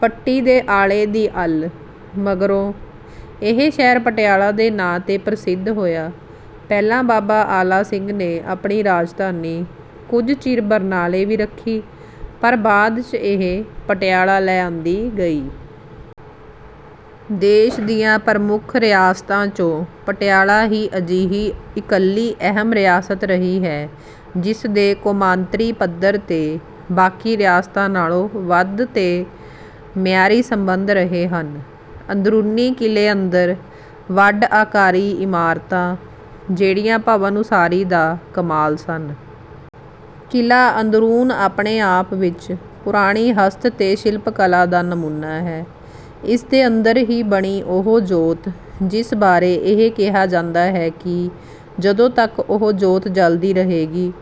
ਪੱਟੀ ਦੇ ਆਲੇ ਦੀ 'ਅੱਲ' ਮਗਰੋਂ ਇਹ ਸ਼ਹਿਰ ਪਟਿਆਲਾ ਦੇ ਨਾਂ 'ਤੇ ਪ੍ਰਸਿੱਧ ਹੋਇਆ। ਪਹਿਲਾਂ ਬਾਬਾ ਆਲਾ ਸਿੰਘ ਨੇ ਆਪਣੀ ਰਾਜਧਾਨੀ ਕੁਝ ਚਿਰ ਬਰਨਾਲੇ ਵੀ ਰੱਖੀ, ਪਰ ਬਾਅਦ 'ਚ ਇਹ ਪਟਿਆਲਾ ਲੈ ਆਂਦੀ ਗਈ। ਦੇਸ਼ ਦੀਆਂ ਪ੍ਰਮੱਖ ਰਿਆਸਤਾਂ 'ਚੋਂ ਪਟਿਆਲਾ ਹੀ ਅਜਿਹੀ ਇਕੱਲੀ ਅਹਿਮ ਰਿਆਸਤ ਰਹੀ ਹੈ, ਜਿਸ ਦੇ ਕੌਮਾਂਤਰੀ ਪੱਧਰ 'ਤੇ ਬਾਕੀ ਰਿਆਸਤਾਂ ਨਾਲੋਂ ਵੱਧ ਤੇ ਮਿਆਰੀ ਸਬੰਧ ਰਹੇ ਹਨ। ਅੰਦਰੂਨੀ ਕਿਲ੍ਹੇ ਅੰਦਰ ਵੱਡ ਆਕਾਰੀ ਇਮਾਰਤਾਂ, ਜਿਹੜੀਆਂ ਭਵਨ ਉਸਾਰੀ ਦਾ ਕਮਾਲ ਸਨ। ਕਿਲ੍ਹਾ ਅੰਦਰੂਨ ਆਪਣੇ ਆਪ ਵਿਚ ਪੁਰਾਣੀ ਹਸਤ ਤੇ ਸ਼ਿਲਪ ਕਲਾ ਦਾ ਨਮੂਨਾ ਹੈ। ਇਸ ਦੇ ਅੰਦਰ ਹੀ ਬਣੀ ਉਹ ਜੋਤ ਜਿਸ ਬਾਰੇ ਇਹ ਕਿਹਾ ਜਾਂਦਾ ਹੈ ਕਿ ਜਦੋਂ ਤੱਕ ਉਹ ਜੋਤ ਜਲਦੀ ਰਹੇਗੀ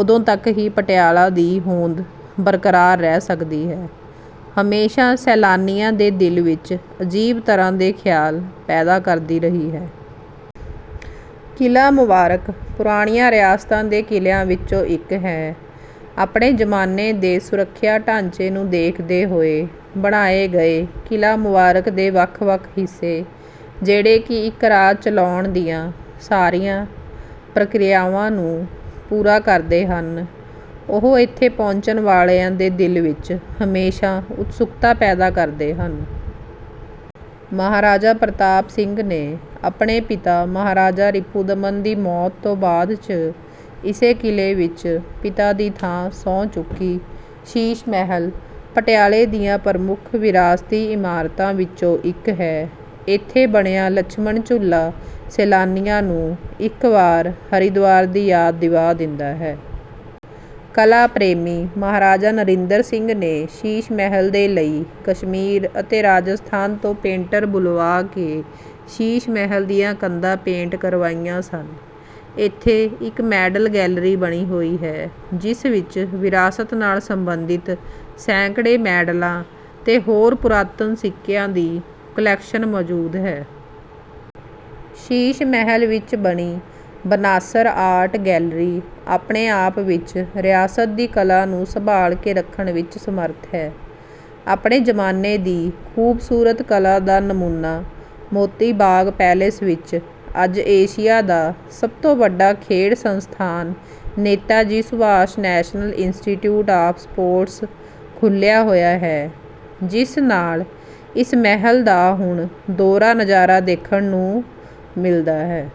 ਉਦੋਂ ਤੱਕ ਹੀ ਪਟਿਆਲਾ ਦੀ ਹੋਂਦ ਬਰਕਰਾਰ ਰਹਿ ਸਕਦੀ ਹੈ, ਹਮੇਸ਼ਾ ਸੈਲਾਨੀਆਂ ਦੇ ਦਿਲ ਵਿਚ ਅਜੀਬ ਤਰ੍ਹਾਂ ਦੇ ਖਿਆਲ ਪੈਦਾ ਕਰਦੀ ਰਹੀ ਹੈ। ਕਿਲ੍ਹਾ ਮੁਬਾਰਕ ਪੁਰਾਣੀਆਂ ਰਿਆਸਤਾਂ ਦੇ ਕਿਲ੍ਹਿਆਂ ਵਿਚੋਂ ਇੱਕ ਹੈ। ਆਪਣੇ ਜ਼ਮਾਨੇ ਦੇ ਸੁਰੱਖਿਆ ਢਾਂਚੇ ਨੂੰ ਦੇਖਦੇ ਹੋਏ ਬਣਾਏ ਗਏ ਕਿਲ੍ਹਾ ਮੁਬਾਰਕ ਦੇ ਵੱਖ ਵੱਖ ਹਿੱਸੇ ਜਿਹੜੇ ਕਿ ਇੱਕ ਰਾਜ ਚਲਾਉਣ ਦੀਆਂ ਸਾਰੀਆਂ ਪ੍ਰਕਿਰਿਆਵਾਂ ਨੂੰ ਪੂਰਾ ਕਰਦੇ ਹਨ, ਉਹ ਇਥੇ ਪਹੁੰਚਣ ਵਾਲਿਆਂ ਦੇ ਦਿਲ ਵਿਚ ਹਮੇਸ਼ਾ ਉਤਸੁਕਤਾ ਪੈਦਾ ਕਰਦੇ ਹਨ। ਮਹਾਰਾਜਾ ਪ੍ਰਤਾਪ ਸਿੰਘ ਨੇ ਆਪਣੇ ਪਿਤਾ ਮਹਾਰਾਜਾ ਰਿਪੁਦਮਨ ਸਿੰਘ ਦੀ ਮੌਤ ਤੋਂ ਬਾਅਦ 'ਚ ਇਸੇ ਕਿਲ੍ਹੇ ਵਿੱਚ ਪਿਤਾ ਦੀ ਥਾਂ ਸਹੁੰ ਚੁੱਕੀ। ਸ਼ੀਸ਼ ਮਹਿਲ ਪਟਿਆਲੇ ਦੀਆਂ ਪ੍ਰਮੁੱਖ ਵਿਰਾਸਤੀ ਇਮਾਰਤਾਂ ਵਿਚੋਂ ਇੱਕ ਹੈ। ਇਥੇ ਬਣਿਆ ਲਛਮਣ ਝੂਲਾ ਸੈਲਾਨੀਆਂ ਨੂੰ ਇੱਕ ਵਾਰ ਹਰਿਦੁਆਰ ਦੀ ਯਾਦ ਦਿਵਾ ਦਿੰਦਾ ਹੈ। ਕਲਾ ਪ੍ਰੇਮੀ ਮਹਾਰਾਜਾ ਨਰਿੰਦਰ ਸਿੰਘ ਨੇ ਸ਼ੀਸ਼ ਮਹਿਲ ਦੇ ਲਈ ਕਸ਼ਮੀਰ ਅਤੇ ਰਾਜਸਥਾਨ ਤੋਂ ਪੇਂਟਰ ਬੁਲਵਾ ਕੇ ਸ਼ੀਸ਼ ਮਹਿਲ ਦੀਆਂ ਕੰਧਾਂ ਪੇਂਟ ਕਰਵਾਈਆਂ ਸਨ। ਇਥੇ ਇੱਕ ਮੈਡਲ ਗੈਲਰੀ ਬਣੀ ਹੋਈ ਹੈ, ਜਿਸ ਵਿਚ ਵਿਰਾਸਤ ਨਾਲ ਸਬੰਧਿਤ ਸੈਂਕੜੇ ਮੈਡਲਾਂ ਅਤੇ ਹੋਰ ਪੁਰਾਤਨ ਸਿੱਕਿਆਂ ਦੀ ਕੁਲੈਕਸ਼ਨ ਮੌਜੂਦ ਹੈ। ਸ਼ੀਸ਼ ਮਹਿਲ ਵਿਚ ਬਣੀ ਬਨਾਸਰ ਆਰਟ ਗੈਲਰੀ ਆਪਣੇ ਆਪ ਵਿਚ ਰਿਆਸਤ ਦੀ ਕਲਾ ਨੂੰ ਸੰਭਾਲ ਕੇ ਰੱਖਣ ਵਿਚ ਸਮਰੱਥ ਹੈ। ਆਪਣੇ ਜ਼ਮਾਨੇ ਦੀ ਖੂਬਸੂਰਤ ਕਲਾ ਦਾ ਨਮੂਨਾ ਮੋਤੀ ਬਾਗ ਪੈਲੇਸ ਵਿਖੇ ਅੱਜ ਏਸ਼ੀਆ ਦਾ ਸਭ ਤੋਂ ਵੱਡਾ ਖੇਡ ਸੰਸਥਾਨ Neta ji Subhas national institute of sports ਖੁੱਲ੍ਹਿਆ ਹੋਇਆ ਹੈ ਜਿਸ ਨਾਲ ਇਸ ਮਹਿਲ ਦਾ ਹੁਣ ਦੋਹਰਾ ਨਜ਼ਾਰਾ ਦੇਖਣ ਨੂੰ ਮਿਲਦਾ ਹੈ।